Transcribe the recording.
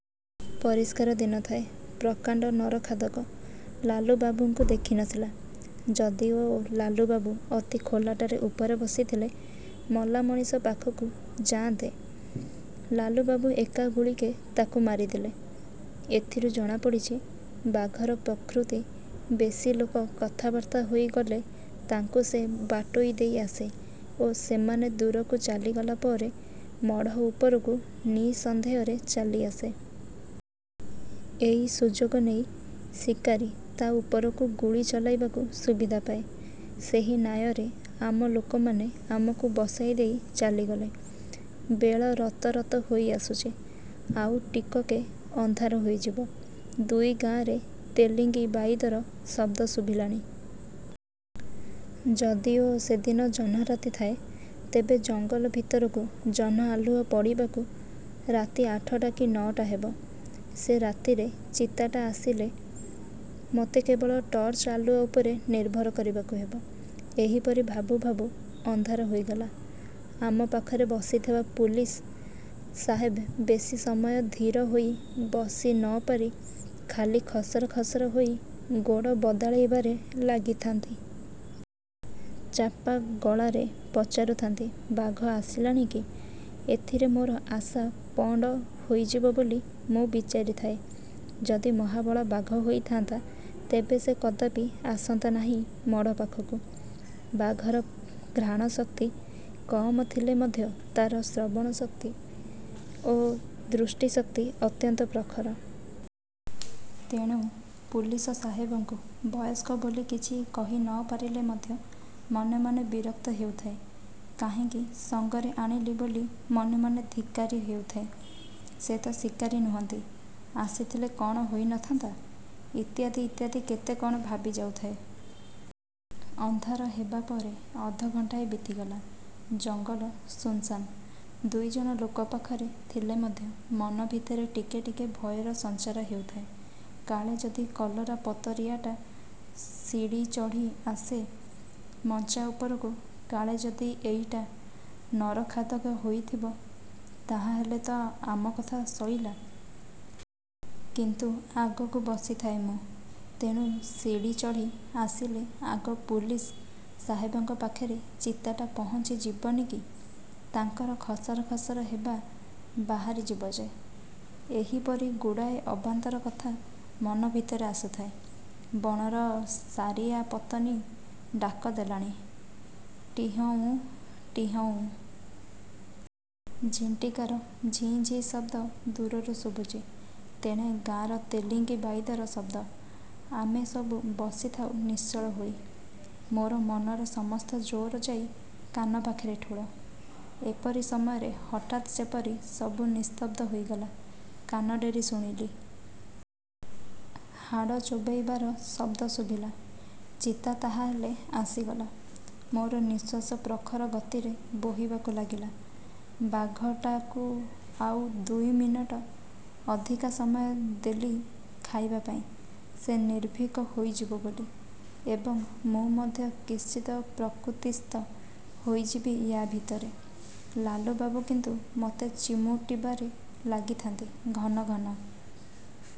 ପରିଷ୍କାର ଦିନ ଥାଏ-। ପ୍ରକାଣ୍ଡ ନରଖାଦକ। ଲାଲୁବାବୁଙ୍କୁ ଦେଖି ନଥିଲା, ଯଦି ଓ ଲାଲୁବାବୁ ଅତି ଖୋଲାଟାରେ ଉପରେ ବସିଥିଲେ। ମଲାମଣିଷ ପାଖକୁ ଯାଅନ୍ତେ ଲାଲୁବାବୁ ଏକା ଗୁଳିକେ ତାକୁ ମାରିଦେଲେ। ଏଥିରୁ ଜଣାପଡ଼ିଛି ବାଘର ପ୍ରକୃତି ବେଶୀ ଲୋକ କଥାବାର୍ତ୍ତା ହୋଇ ଗଲେ ତାଙ୍କୁ ସେ ବାଟୋଇ ଦେଇ ଆସେ ଓ ସେମାନେ ଦୂରକୁ ଚାଲିଗଲା ପରେ ମଢ଼ ଉପରକୁ ନିଃସନ୍ଦେହରେ ଚାଲିଆସେ-। ଏଇ ସୁଯୋଗ ନେଇ ଶିକାରୀ ତା' ଉପରକୁ ଗୁଳି ଚଳାଇବାକୁ ସୁବିଧା ପାଏ। ସେହି ନ୍ୟାୟରେ ଆମ ଲୋକମାନେ ଆମକୁ ବସାଇ ଦେଇ ଚାଲିଗଲେ। ବେଳ ରତ ରତ ହୋଇ ଆସୁଛି। ଆଉ ଟିକକେ ଅନ୍ଧାର ହୋଇଯିବ। ଦୂର ଗାଁରେ ତେଲିଙ୍ଗି ବାଇଦର ଶବ୍ଦ ଶୁଭିଲାଣି। ଯଦି ଓ ସେଦିନ ଜହ୍ନରାତି ଥାଏ, ତେବେ ଜଙ୍ଗଲ ଭିତରକୁ ଜହ୍ନ ଆଲୁଅ ପଡ଼ିବାକୁ ରାତି ଆଠଟା କି ନଅଟା ହେବ। ସେ ଭିତରେ ଚିତାଟା ଆସିଲେ ମୋତେ କେବଳ ଟର୍ଚ୍ଚ ଆଲୁଅ ଉପରେ ନିର୍ଭର କରିବାକୁ ହେବ।,ଏହିପରି ଭାବୁ ଭାବୁ ଅନ୍ଧାର ହୋଇଗଲା। ଆମ ପାଖରେ ବସିଥିବା ପୁଲିସ ସାହେବ ବେଶି ସମୟ ଧୀର ହୋଇ ବସି ନ ପାରି ଖାଲି ଖସର ଖସର ହୋଇ ଗୋଡ଼ ବଦଳାଇବାରେ ଲାଗିଥାନ୍ତି। ଚାପା ଗଳାରେ ପଚାରୁଥାନ୍ତି, ବାଘ ଆସିଲାଣି କି? ଏଥିରେ ମୋର ଆଶା ପଣ୍ଡ ହୋଇଯିବ ବୋଲି ମୁଁ ବିଚାରିଥାଏ। ଯଦି ମହାବଳ ବାଘ ହୋଇଥାନ୍ତା ତେବେ ସେ କଦାପି ଆସନ୍ତା ନାହିଁ ମଢ଼ ପାଖକୁ। ବାଘର ଘ୍ରାଣ ଶକ୍ତି କମ ଥିଲେ ମଧ୍ୟ ତା'ର ଶ୍ରବଣ ଶକ୍ତି ଓ ଦୃଷ୍ଟି ଶକ୍ତି ଅତ୍ୟନ୍ତପ୍ରଖର। ତେଣୁ ପୁଲିସ ସାହେବଙ୍କୁ ବୟସ୍କ ବୋଲି କିଛି କହି ନ ପାରିଥିଲେ ମଧ୍ୟ ମନେ ମନେ ବିରକ୍ତ ହେଉଥାଏ। କାହିଁକି ସଙ୍ଗରେ ଆଣିଲି ବୋଲି ମନେ ମନେ ଧିକ୍କାରି ହେଉଥାଏ। ସେ ତ ଶିକାରୀ ନୁହନ୍ତି, ଆସି ଥିଲେ କ'ଣ ହୋଇ ନ ଥାନ୍ତା! ଇତ୍ୟାଦି ଇତ୍ୟାଦି କେତେ କ'ଣ ଭାବିଯାଉଥାଏ। ଅନ୍ଧାର ହେବାପରେ ଅଧଘଣ୍ଟାଏ ବିତିଗଲା। ଜଙ୍ଗଲ ଶୁନ୍ ଶାନ୍। ଦୁଇଜଣ ଲୋକ ପାଖରେ ଥିଲେ ମଧ୍ୟ ମନ ଭିତରେ ଟିକେ ଟିକେ ଭୟର ସଞ୍ଚାର ହେଉଥାଏ। କାଳେ ଯଦି କଲରାପତରିଆଟା ସିଡ଼ି ଚଢ଼ି ଆସେ ମଞ୍ଚା ଉପରକୁ! କାଳେ ଯଦି ଏଉଟା ନରଖାଦକ ହୋଇଥିବ-! ତାହାହେଲେ ତ ଆମ କଥା ସଇଲା! କିନ୍ତୁ ଆଗକୁ ବସିଥାଏ ମୁଁ। ତେଣୁ ସିଡ଼ି ଚଢ଼ି ଆସିଲେ ଆଗ ପୁଲିସ ସାହେବଙ୍କ ପାଖରେ ଚିତାଟା ପହଞ୍ଚି ଯିବନି କି! ତାଙ୍କର ଖସର ଖସର ହେବା ବାହାରିଯିବ ଯେ। ଏହିପରି ଗୁଡ଼ାଏ ଅବାନ୍ତର କଥା ମନ ଭିତରେ ଆସୁଥାଏ-। ବଣର ସାରିଆପତନି ଡାକ ଦେଲାଣି-ଟିହ'ଉଁ ଟିହ'ଉଁ। ଝିଣ୍ଟିକାର ଝିଁ ଝିଁ ଶବ୍ଦ ଦୂରରୁ ଶୁଭୁଛି। ତେଣେ ଗାଁର ତେଲିଙ୍ଗି ବାଇଦର ଶବ୍ଦ। ଆମେ ସବୁ ବସିଥାଉ ନିଶ୍ଚଳ ହୋଇ। ମୋର ମନର ସମସ୍ତ ଜୋର ଯାଇ କାନ ପାଖରେ ଠୂଳ! ଏପରି ସମୟରେ ହଠାତ୍ ଯେପରି ସବୁ ନିସ୍ତବ୍ଧ ହୋଇଗଲା-। କାନ ଡେରି ଶୁଣିଲି। ହାଡ଼ ଚୋବେଇବାର ଶବ୍ଦ ଶୁଭିଲା। ଚିତା ତାହାହେଲେ ଆସିଗଲା-? ମୋର ନିଃଶ୍ୱାସ ପ୍ରଖର ଗତିରେ ବୋହିବାକୁ ଲାଗିଲା। ବାଘଟାକୁ ଆଉ ଦୁଇ ମିନିଟ ଅଧିକା ସମୟ ଦେଲି ଖାଇବା ପାଇଁ-ସେ ନିର୍ଭୀକ ହୋଇଯିବ ବୋଲି ଏବଂ ମୁଁ ମଧ୍ୟ କିଞ୍ଚିତ ପ୍ରକୃତିସ୍ଥ ହୋଇଯିବି ୟା ଭିତରେ। ଲାଲୁବାବୁ କିନ୍ତୁ ମୋତେ ଚିମୁଟିବାରେ ଲାଗିଥାନ୍ତି ଘନ ଘନ।